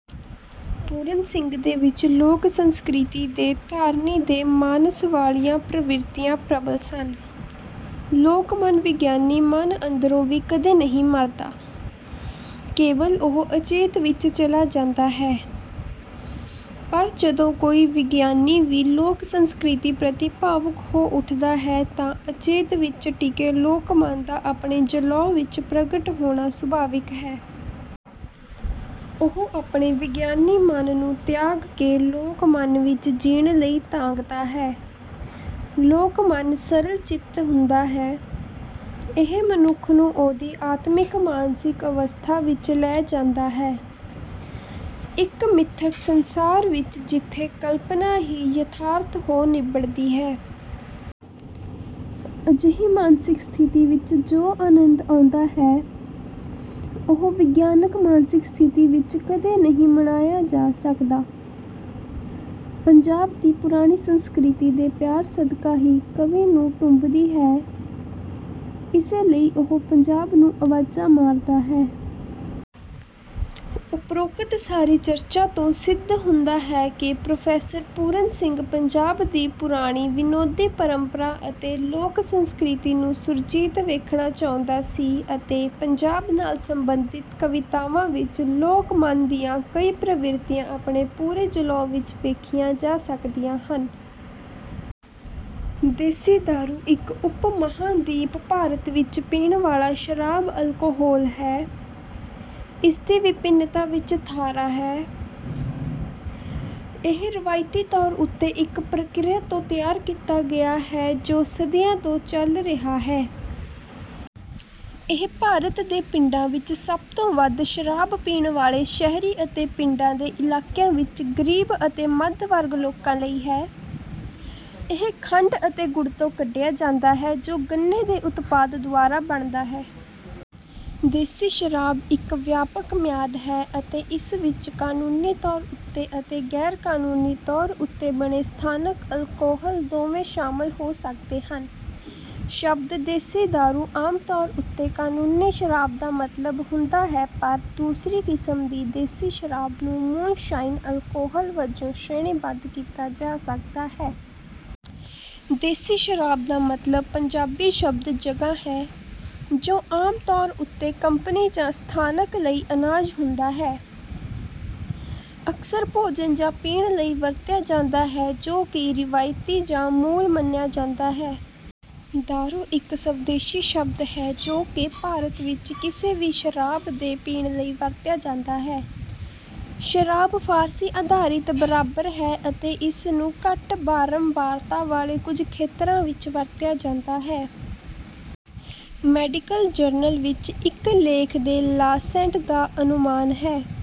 ਪੂਰਨ ਸਿੰਘ ਦੇ ਵਿੱਚ ਲੋਕ ਸੰਸਕ੍ਰਿਤੀ ਦੇ ਧਾਰਨੀ ਦੇ ਮਾਨਸ ਵਾਲੀਆਂ ਪ੍ਰਵਿਰਤੀਆਂ ਪ੍ਰਬਲ ਸਨ। ਲੋਕਮਨ ਵਿਗਿਆਨੀ ਮਨ ਅੰਦਰੋਂ ਵੀ ਕਦੇ ਨਹੀਂ ਮਰਦਾ। ਕੇਵਲ ਉਹ ਅਚੇਤ ਵਿੱਚ ਚਲਾ ਜਾਂਦਾ ਹੈ। ਪਰ ਜਦੋਂ ਕੋਈ ਵਿਗਿਆਨੀ ਵੀ ਲੋਕ ਸੰਸਕ੍ਰਿਤੀ ਪ੍ਰਤੀ ਭਾਵੁਕ ਹੋ ਉਠਦਾ ਹੈ ਤਾਂ ਅਚੇਤ ਵਿੱਚ ਟਿਕੇ ਲੋਕਮਨ ਦਾ ਆਪਣੇ ਜਲੌਅ ਵਿੱਚ ਪ੍ਰਗਟ ਹੋਣਾ ਸੁਭਾਵਿਕ ਹੈ। ਉਹ ਆਪਣੇ ਵਿਗਿਆਨੀ ਮਨ ਨੂੰ ਤਿਆਗ ਕੇ ਲੋਕਮਨ ਵਿੱਚ ਜੀਣ ਲਈ ਤਾਂਘਦਾ ਹੈ। ਲੋਕ ਮਨ ਸਰਲ ਚਿੱਤ ਹੁੰਦਾ ਹੈ। ਇਹ ਮਨੁੱਖ ਨੂੰ ਉਹਦੀ ਆਤਮਿਕ ਮਾਨਸਿਕ ਅਵਸਥਾ ਵਿੱਚ ਲੈ ਜਾਂਦਾ ਹੈ। ਇੱਕ ਮਿੱਥਕ ਸੰਸਾਰ ਵਿੱਚ ਜਿੱਥੇ ਕਲਪਨਾ ਹੀ ਯਥਾਰਥ ਹੋ ਨਿੱਬੜਦੀ ਹੈ। ਅਜਿਹੀ ਮਾਨਸਿਕ ਸਥਿਤੀ ਵਿੱਚ ਜੋ ਆਨੰਦ ਆਉਂਦਾ ਹੈ। ਉਹ ਵਿਗਿਆਨਕ ਮਾਨਸਿਕ ਸਥਿਤੀ ਵਿੱਚ ਕਦੇ ਨਹੀਂ ਮਾਣਿਆ ਜਾ ਸਕਦਾ। ਪੰਜਾਬ ਦੀ ਪੁਰਾਣੀ ਸੰਸਕ੍ਰਿਤੀ ਦੇ ਪਿਆਰ ਸਦਕਾ ਹੀ ਕਵੀ ਨੂੰ ਟੁੰਬਦੀ ਹੈ। ਇਸੇ ਲਈ ਉਹ ਪੰਜਾਬ ਨੂੰ ਆਵਾਜ਼ਾਂ ਮਾਰਦਾ ਹੈ। ਉਪਰੋਕਤ ਸਾਰੀ ਚਰਚਾ ਤੋਂ ਸਿੱਧ ਹੁੰਦਾ ਹੈ ਕਿ ਪ੍ਰੋਫੈਸਰ ਪੂਰਨ ਸਿੰਘ ਪੰਜਾਬ ਦੀ ਪੁਰਾਣੀ ਵਿਨੋਦੀ ਪਰੰਪਰਾ ਅਤੇ ਲੋਕ ਸੰਸਕ੍ਰਿਤੀ ਨੂੰ ਸੁਰਜੀਤ ਵੇਖਣਾ ਚਾਹੁੰਦਾ ਸੀ ਅਤੇ ਪੰਜਾਬ ਨਾਲ ਸੰਬੰਧਿਤ ਕਵਿਤਾਵਾਂ ਵਿੱਚ ਲੋਕਮਨ ਦੀਆਂ ਕਈ ਪ੍ਰਵਿਰਤੀਆਂ ਆਪਣੇ ਪੂਰੇ ਜਲੌਅ ਵਿੱਚ ਵੇਖੀਆਂ ਜਾ ਸਕਦੀਆਂ ਹਨ। ਦੇਸੀ ਦਾਰੂ ਇੱਕ ਉਪ ਮਹਾਂਦੀਪ ਭਾਰਤ ਵਿੱਚ ਪੀਣ ਵਾਲਾ ਸ਼ਰਾਬ ਅਲਕੋਹਲ ਹੈ, ਇਸਦੀ ਵਿਭਿੰਨਤਾ ਵਿੱਚ ਥਾਰਾ ਹੈ। ਇਹ ਰਵਾਇਤੀ ਤੌਰ ਉੱਤੇ ਇੱਕ ਪ੍ਰਕਿਰਿਆ ਤੋਂ ਤਿਆਰ ਕੀਤਾ ਗਿਆ ਹੈ ਜੋ ਸਦੀਆਂ ਤੋਂ ਚਲ ਰਿਹਾ ਹੈ। ਇਹ ਭਾਰਤ ਦੇ ਪਿੰਡਾਂ ਵਿੱਚ ਸਭ ਤੋਂ ਵੱਧ ਸ਼ਰਾਬ ਪੀਣ ਵਾਲੇ ਸ਼ਹਿਰੀ ਅਤੇ ਪਿੰਡਾਂ ਦੇ ਇਲਾਕਿਆਂ ਵਿੱਚ ਗਰੀਬ ਅਤੇ ਮੱਧ ਵਰਗ ਲੋਕਾਂ ਲਈ ਹੈ। ਇਹ ਖੰਡ ਅਤੇ ਗੁੜ ਤੋਂ ਕੱਢਿਆ ਜਾਂਦਾ ਹੈ ਜੋ ਗੰਨੇ ਦੇ ਉਤਪਾਦ ਦੁਆਰਾ ਬਣਦਾ ਹੈ। ਦੇਸੀ ਸ਼ਰਾਬ ਇੱਕ ਵਿਆਪਕ ਮਿਆਦ ਹੈ ਅਤੇ ਇਸ ਵਿੱਚ ਕਾਨੂੰਨੀ ਤੌਰ ਉੱਤੇ ਅਤੇ ਗੈਰਕਾਨੂੰਨੀ ਤੌਰ ਉੱਤੇ ਬਣੇ ਸਥਾਨਕ ਅਲਕੋਹਲ ਦੋਵੇਂ ਸ਼ਾਮਲ ਹੋ ਸਕਦੇ ਹਨ। ਸ਼ਬਦ ਦੇਸੀ ਦਾਰੂ ਆਮ ਤੌਰ ਉੱਤੇ ਕਾਨੂੰਨੀ ਸ਼ਰਾਬ ਦਾ ਮਤਲਬ ਹੁੰਦਾ ਹੈ ਪਰ ਦੂਸਰੀ ਕਿਸਮ ਦੀ ਦੇਸੀ ਸ਼ਰਾਬ ਨੂੰ ਮੂਨਸ਼ਾਈਨ ਅਲਕੋਹਲ ਵਜੋਂ ਸ਼੍ਰੇਣੀਬੱਧ ਕੀਤਾ ਜਾ ਸਕਦਾ ਹੈ। ਦੇਸੀ ਸ਼ਬਦ ਦਾ ਮਤਲਬ ਪੰਜਾਬੀ ਸ਼ਬਦ ਜਗ੍ਹਾ ਹੈ, ਜੋ ਆਮ ਤੌਰ ਉੱਤੇ ਕੰਪਨੀ ਜਾਂ ਸਥਾਨਕ ਲਈ ਅਨਾਜ ਹੁੰਦਾ ਹੈ। ਅਕਸਰ ਭੋਜਨ ਜਾਂ ਪੀਣ ਲਈ ਵਰਤਿਆ ਜਾਂਦਾ ਹੈ ਜੋ ਕਿ ਰਵਾਇਤੀ ਜਾਂ ਮੂਲ ਮੰਨਿਆ ਜਾਂਦਾ ਹੈ। ਦਾਰੂ ਇੱਕ ਸਵਦੇਸ਼ੀ ਸ਼ਬਦ ਹੈ ਜੋ ਕਿ ਭਾਰਤ ਵਿੱਚ ਕਿਸੇ ਵੀ ਸ਼ਰਾਬ ਦੇ ਪੀਣ ਲਈ ਵਰਤਿਆ ਜਾਂਦਾ ਹੈ। ਸ਼ਰਾਬ ਫ਼ਾਰਸੀ ਆਧਾਰਿਤ ਬਰਾਬਰ ਹੈ ਅਤੇ ਇਸ ਨੂੰ ਘੱਟ ਬਾਰੰਬਾਰਤਾ ਵਾਲੇ ਕੁਝ ਖੇਤਰਾਂ ਵਿੱਚ ਵਰਤਿਆ ਜਾਂਦਾ ਹੈ। ਮੈਡੀਕਲ ਜਰਨਲ ਵਿੱਚ ਇੱਕ ਲੇਖ ਦਿ ਲਾਂਸੈਟ ਦਾ ਅਨੁਮਾਨ ਹੈ